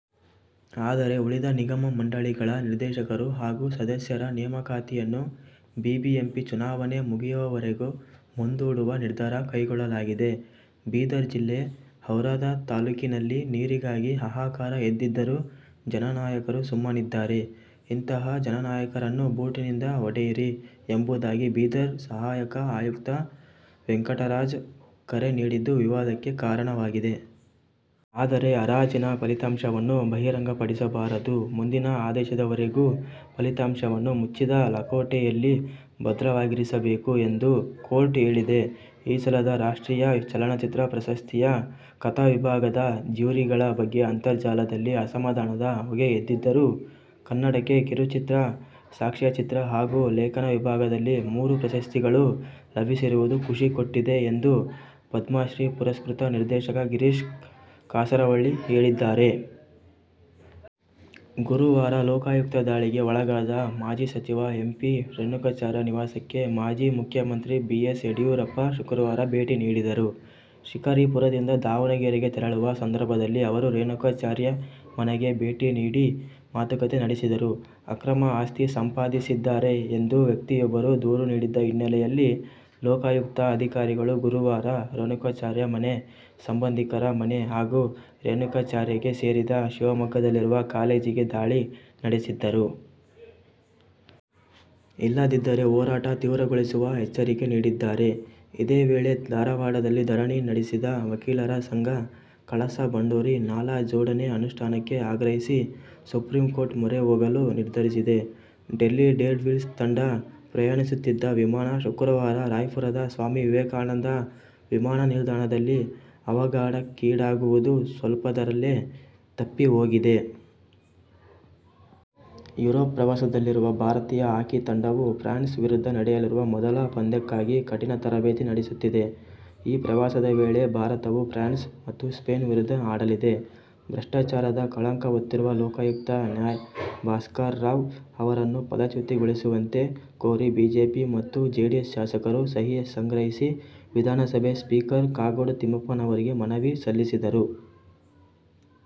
ಆದರೆ, ಉಳಿದ ನಿಗಮ-ಮಂಡಳಿಗಳ ನಿರ್ದೇಶಕರು ಹಾಗೂ ಸದಸ್ಯರ ನೇಮಕಾತಿಯನ್ನು ಬಿಬಿಎಂಪಿ ಚುನಾವಣೆ ಮುಗಿಯುವವರೆಗೂ ಮುಂದೂಡುವ ನಿರ್ಧಾರ ಕೈಗೊಳ್ಳಲಾಗಿದೆ. ಬೀದರ್ ಜಿಲ್ಲೆ ಔರಾದ ತಾಲೂಕಿನಲ್ಲಿ ನೀರಿಗಾಗಿ ಹಾಹಾಕಾರ ಎದ್ದಿದ್ದರೂ ಜನನಾಯಕರು ಸುಮ್ಮನಿದ್ದಾರೆ. ಇಂತಹ ಜನನಾಯಕರನ್ನು ಬೂಟಿನಿಂದ ಹೊಡೆಯಿರಿ ಎಂಬುದಾಗಿ ಬೀದರ್ ಸಹಾಯಕ ಆಯುಕ್ತ ವೆಂಕಟರಾಜ ಕರೆ ನೀಡಿದ್ದು, ವಿವಾದಕ್ಕೆ ಕಾರಣವಾಗಿದೆ. ಆದರೆ ಹರಾಜಿನ ಫಲಿತಾಂಶವನ್ನು ಬಹಿರಂಗಪಡಿಸಬಾರದು. ಮುಂದಿನ ಆದೇಶದವರೆಗೂ ಫಲಿತಾಂಶವನ್ನು ಮುಚ್ಚಿದ ಲಕೋಟೆಯಲ್ಲಿ ಭದ್ರವಾಗಿರಿಸಿರಬೇಕು ಎಂದು ಕೋರ್ಟ್ ಹೇಳಿದೆ. ಈ ಸಲದ ರಾಷ್ಟ್ರೀಯ ಚಲನಚಿತ್ರ ಪ್ರಶಸ್ತಿಯ ಕಥಾ ವಿಭಾಗದ ಜ್ಯೂರಿಗಳ ಬಗ್ಗೆ ಅಂತರ್ಜಾಲದಲ್ಲಿ ಅಸಮಾಧಾನದ ಹೊಗೆ ಎದ್ದಿದ್ದರೂ, ಕನ್ನಡಕ್ಕೆ ಕಿರುಚಿತ್ರ, ಸಾಕ್ಷ್ಯಚಿತ್ರ ಹಾಗೂ ಲೇಖನ ವಿಭಾಗದಲ್ಲಿ ಮೂರು ಪ್ರಶಸ್ತಿಗಳು ಲಭಿಸಿರುವುದು ಖುಷಿ ಕೊಟ್ಟಿದೆ ಎಂದು ಪದ್ಮಶ್ರೀ ಪುರಸ್ಕೃತ ನಿರ್ದೇಶಕ ಗಿರೀಶ್ ಕಾಸರವಳ್ಳಿ ಹೇಳಿದ್ದಾರೆ. ಗುರುವಾರ ಲೋಕಾಯುಕ್ತ ದಾಳಿಗೆ ಒಳಗಾದ ಮಾಜಿ ಸಚಿವ ಎಂ. ಪಿ. ರೇಣುಕಾಚಾರ್ಯ ನಿವಾಸಕ್ಕೆ ಮಾಜಿ ಮುಖ್ಯಮಂತ್ರಿ ಬಿ. ಎಸ್. ಯಡಿಯೂರಪ್ಪ ಶುಕ್ರವಾರ ಭೇಟಿ ನೀಡಿದರು. ಶಿಕಾರಿಪುರದಿಂದ ದಾವಣಗೆರೆಗೆ ತೆರಳುವ ಸಂದರ್ಭದಲ್ಲಿ ಅವರು ರೇಣುಕಾಚಾರ್ಯ ಮನೆಗೆ ಭೇಟಿ ನೀಡಿ ಮಾತುಕತೆ ನಡೆಸಿದರು. ಅಕ್ರಮ ಆಸ್ತಿ ಸಂಪಾದಿಸಿದ್ದಾರೆ ಎಂದು ವ್ಯಕ್ತಿಯೊಬ್ಬರು ದೂರು ನೀಡಿದ್ದ ಹಿನ್ನೆಲೆಯಲ್ಲಿ ಲೋಕಾಯುಕ್ತ ಅಧಿಕಾರಿಗಳು ಗುರುವಾರ ರೇಣುಕಾಚಾರ್ಯ ಮನೆ, ಸಂಬಂಧಿಕರ ಮನೆ ಹಾಗೂ ರೇಣುಕಾಚಾರ್ಯಗೆ ಸೇರಿದ ಶಿವಮೊಗ್ಗದಲ್ಲಿರುವ ಕಾಲೇಜಿಗೆ ದಾಳಿ ನಡೆಸಿದ್ದರು. ಇಲ್ಲದಿದ್ದರೆ ಹೋರಾಟ ತೀವ್ರಗೊಳಿಸುವ ಎಚ್ಚರಿಕೆ ನೀಡಿದ್ದಾರೆ. ಇದೇ ವೇಳೆ, ಧಾರವಾಡದಲ್ಲಿ ಧರಣಿ ನಡೆಸಿದ ವಕೀಲರ ಸಂಘ, ಕಳಸಾ-ಬಂಡೂರಿ ನಾಲಾ ಜೋಡಣೆ ಅನುಷ್ಠಾನಕ್ಕೆ ಆಗ್ರಹಿಸಿ ಸುಪ್ರೀಂಕೋರ್ಟ್ ಮೊರೆ ಹೋಗಲು ನಿರ್ಧರಿಸಿದೆ. ಡೆಲ್ಲಿ ಡೇರ್ಡೆವಿಲ್ಸ್ ತಂಡ ಪ್ರಯಾಣಿಸುತ್ತಿದ್ದ ವಿಮಾನ ಶುಕ್ರವಾರ ರಾಯ್ಪುರದ ಸ್ವಾಮಿ ವಿವೇಕಾನಂದ ವಿಮಾನನಿಲ್ದಾಣದಲ್ಲಿ ಅವಘಡಕ್ಕೀಡಾಗುವುದು ಸ್ವಲ್ಪದರಲ್ಲೇ ತಪ್ಪಿಹೋಗಿದೆ. ಯುರೋಪ್ ಪ್ರವಾಸದಲ್ಲಿರುವ ಭಾರತೀಯ ಹಾಕಿ ತಂಡವು ಫ್ರಾನ್ಸ್ ವಿರುದ್ಧ ನಡೆಯಲಿರುವ ಮೊದಲ ಪಂದ್ಯಕ್ಕಾಗಿ ಕಠಿನ ತರಬೇತಿ ನಡೆಸುತ್ತಿದೆ. ಈ ಪ್ರವಾಸದ ವೇಳೆ ಭಾರತವು ಫ್ರಾನ್ಸ್ ಮತ್ತು ಸ್ಪೇನ್ ವಿರುದ್ಧ ಆಡಲಿದೆ. ಭ್ರಷ್ಟಾಚಾರದ ಕಳಂಕ ಹೊತ್ತಿರುವ ಲೋಕಾಯುಕ್ತ ನ್ಯಾ. ಭಾಸ್ಕರ ರಾವ್ ಅವರನ್ನು ಪದಚ್ಯುತಿಗೊಳಿಸುವಂತೆ ಕೋರಿ ಬಿಜೆಪಿ ಮತ್ತು ಜೆಡಿಎಸ್ ಶಾಸಕರು ಸಹಿ ಸಂಗ್ರಹಿಸಿ ವಿಧಾನಸಭೆ ಸ್ಪೀಕರ್ ಕಾಗೋಡು ತಿಮ್ಮಪ್ಪನವರಿಗೆ ಮನವಿ ಸಲ್ಲಿಸಿದರು.